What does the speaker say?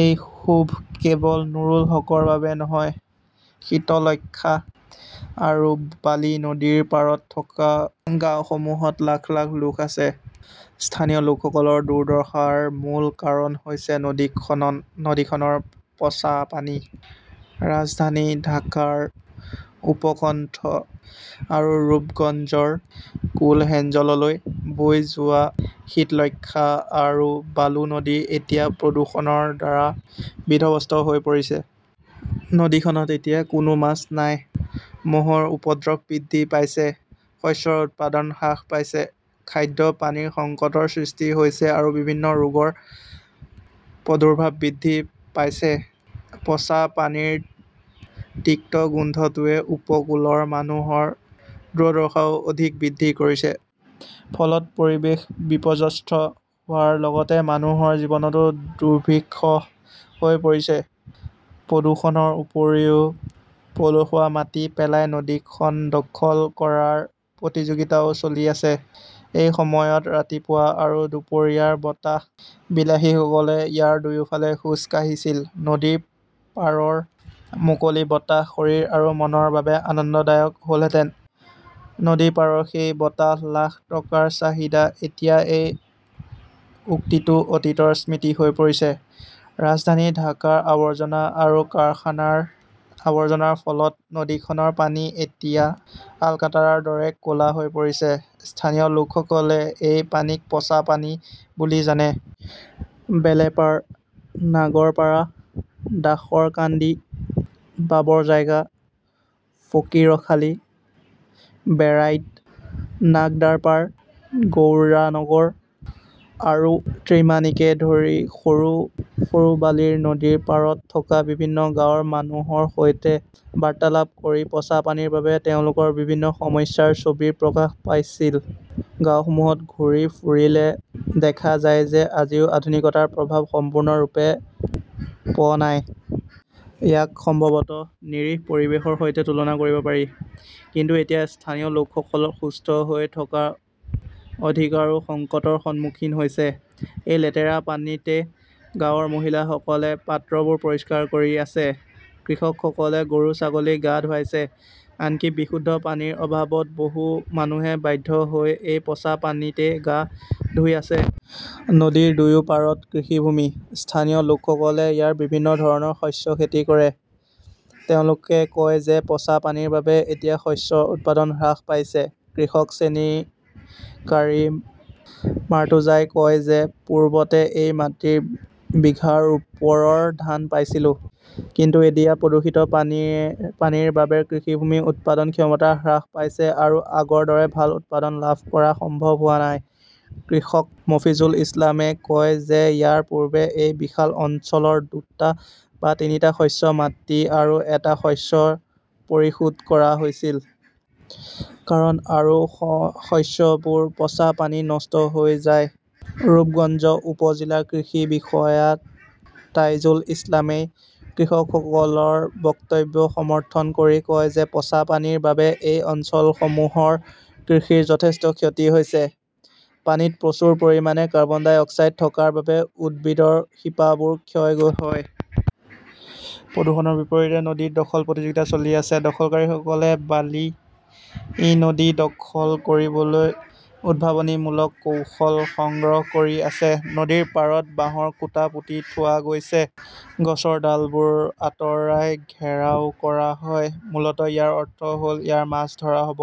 এই ক্ষোভ কেৱল নুৰুল হকৰ বাবেই নহয়। শীতলক্ষ্যা আৰু বালি নদীৰ পাৰত থকা গাঁওসমূহত লাখ লাখ লোক আছে। স্থানীয় লোকসকলৰ দুৰ্দশাৰ মূল কাৰণ হৈছে নদীখনৰ পচা পানী। ৰাজধানী ঢাকাৰ উপকণ্ঠ আৰু ৰূপগঞ্জৰ কোলহেঞ্জলৈ বৈ যোৱা শীতলক্ষ্যা আৰু বালু নদী এতিয়া প্ৰদূষণৰ দ্বাৰা বিধ্বস্ত হৈ পৰিছে। নদীখনত এতিয়া কোনো মাছ নাই। মহৰ উপদ্ৰৱ বৃদ্ধি পাইছে। শস্যৰ উৎপাদন হ্ৰাস পাইছে। খাদ্য পানীৰ সংকটৰ সৃষ্টি হৈছে আৰু বিভিন্ন ৰোগৰ প্ৰাদুৰ্ভাৱ বৃদ্ধি পাইছে। পচা পানীৰ তিক্ত গোন্ধটোৱে উপকূলৰ মানুহৰ দুৰ্দশাও অধিক বৃদ্ধি কৰিছে। ফলত পৰিৱেশ বিপৰ্যস্ত হোৱাৰ লগতে মানুহৰ জীৱনো দুৰ্বিষহ হৈ পৰিছে। প্ৰদূষণৰ উপৰিও পলসুৱা মাটি পেলাই নদীখন দখল কৰাৰ প্ৰতিযোগিতাও চলি আছে। এটা সময়ত ৰাতিপুৱা আৰু দুপৰীয়াৰ বতাহত বিলাসীসকলে ইয়াৰ দুয়োফালে খোজ কাঢ়িছিল। নদীৰ পাৰৰ মুকলি বতাহ শৰীৰ আৰু মনৰ বাবে আনন্দদায়ক হ'লহেঁতেন। নদীৰ পাৰৰ সেই বতাহ, লাখ টকাৰ চাহিদা। এতিয়া এই উক্তিটো অতীতৰ স্মৃতি হৈ পৰিছে। ৰাজধানী ঢাকাৰ আৱৰ্জনা আৰু কাৰখানাৰ আৱৰ্জনাৰ ফলত নদীখনৰ পানী এতিয়া আলকাট্ৰাৰ দৰে ক 'লা হৈ পৰিছে। স্থানীয় লোকসকলে এই পানীক'পচা "পানী বুলি জানে। বেলেপাৰ, নগৰপাৰা, দাসৰকান্দি, বাবৰজাইগা, ফকীৰখালী, বেৰাইড, নাগদাৰপাৰ, গৌড়া নগৰ আৰু ত্ৰিমাহনীকে ধৰি সৰু বালিৰ নদীৰ পাৰত থকা বিভিন্ন গাঁৱৰ মানুহৰ সৈতে বাৰ্তালাপ কৰি পচা পানীৰ বাবে তেওঁলোকৰ বিভিন্ন সমস্যাৰ ছবি প্ৰকাশ পাইছিল। গাওঁসমূহত ঘূৰি ফুৰিলে দেখা যায় যে, আজিও আধুনিকতাৰ প্ৰভাৱ সম্পূৰ্ণৰূপে প নাই। ইয়াক সম্ভৱতঃ নিৰীহ পৰিৱেশৰ সৈতে তুলনা কৰিব পাৰি। কিন্তু এতিয়া স্থানীয় লোকসকলৰ সুস্থ হৈ থকাৰ অধিকাৰো সংকটৰ সন্মুখীন হৈছে। এই লেতেৰা পানীতে গাঁৱৰ মহিলাসকলে পাত্ৰবোৰ পৰিষ্কাৰ কৰি আছে। কৃষকসকলে গৰু-ছাগলী গা ধুৱাইছে। আনকি বিশুদ্ধ পানীৰ অভাৱত বহু মানুহে বাধ্য হৈ এই পচা পানীতে গা ধুই আছে। নদীৰ দুয়ো পাৰত কৃষিভূমি। স্থানীয় কৃষকসকলে ইয়াত বিভিন্ন ধৰণৰ শস্য খেতি কৰে। তেওঁলোকে কয় যে পচা পানীৰ বাবে এতিয়া শস্যৰ উৎপাদন হ্ৰাস পাইছে। কৃষক শ্ৰেণীকাৰী মাৰ্টুজাই কয় যে পূৰ্বতে মই মাটিত বিঘাৰ ওপৰৰ ধান পাইছিলো। কিন্তু এতিয়া প্ৰদূষিত পানীৰ বাবে কৃষিভূমিৰ উৎপাদন ক্ষমতা হ্ৰাস পাইছে আৰু আগৰ দৰে ভাল উৎপাদন লাভ কৰা সম্ভৱ হোৱা নাই। কৃষক মফিজুল ইছলামে কয় যে ইয়াৰ পূৰ্বে এই বিশাল অঞ্চলৰ দুটা বা তিনিটা শস্যৰ মাটি আৰু এটা শস্য পৰিশোধ কৰা হৈছিল। কাৰণ আন শস্যবোৰ পচা পানীত নষ্ট হৈ যায়। ৰূপগঞ্জ উপ-জিলা কৃষি বিষয়া তাইজুল ইছলামই কৃষকসকলৰ বক্তব্য সমৰ্থন কৰি কয় যে পচা পানীৰ বাবে এই অঞ্চলসমূহৰ কৃষিৰ যথেষ্ট ক্ষতি হৈছে। পানীত প্ৰচুৰ পৰিমাণে কাৰ্বন ডাই অক্সাইড থকাৰ বাবে উদ্ভিদৰ শিপাৰ ক্ষয় হয়। প্ৰদূষণৰ বিপৰীতে নদী দখলৰ প্ৰতিযোগিতাও চলি আছে। দখলকাৰীসকলে বালি নদী দখল কৰিবলৈ উদ্ভাৱনীমূলক কৌশল গ্ৰহণ কৰি আছে। নদীৰ পাৰত বাঁহৰ খুঁটা পুতি থোৱা হৈছে, গছৰ ডালবোৰ আঁতৰাই ঘেৰাও কৰা হয়। মূলতঃ ইয়াৰ অৰ্থ হ'ল ইয়াত মাছ ধৰা হ'ব।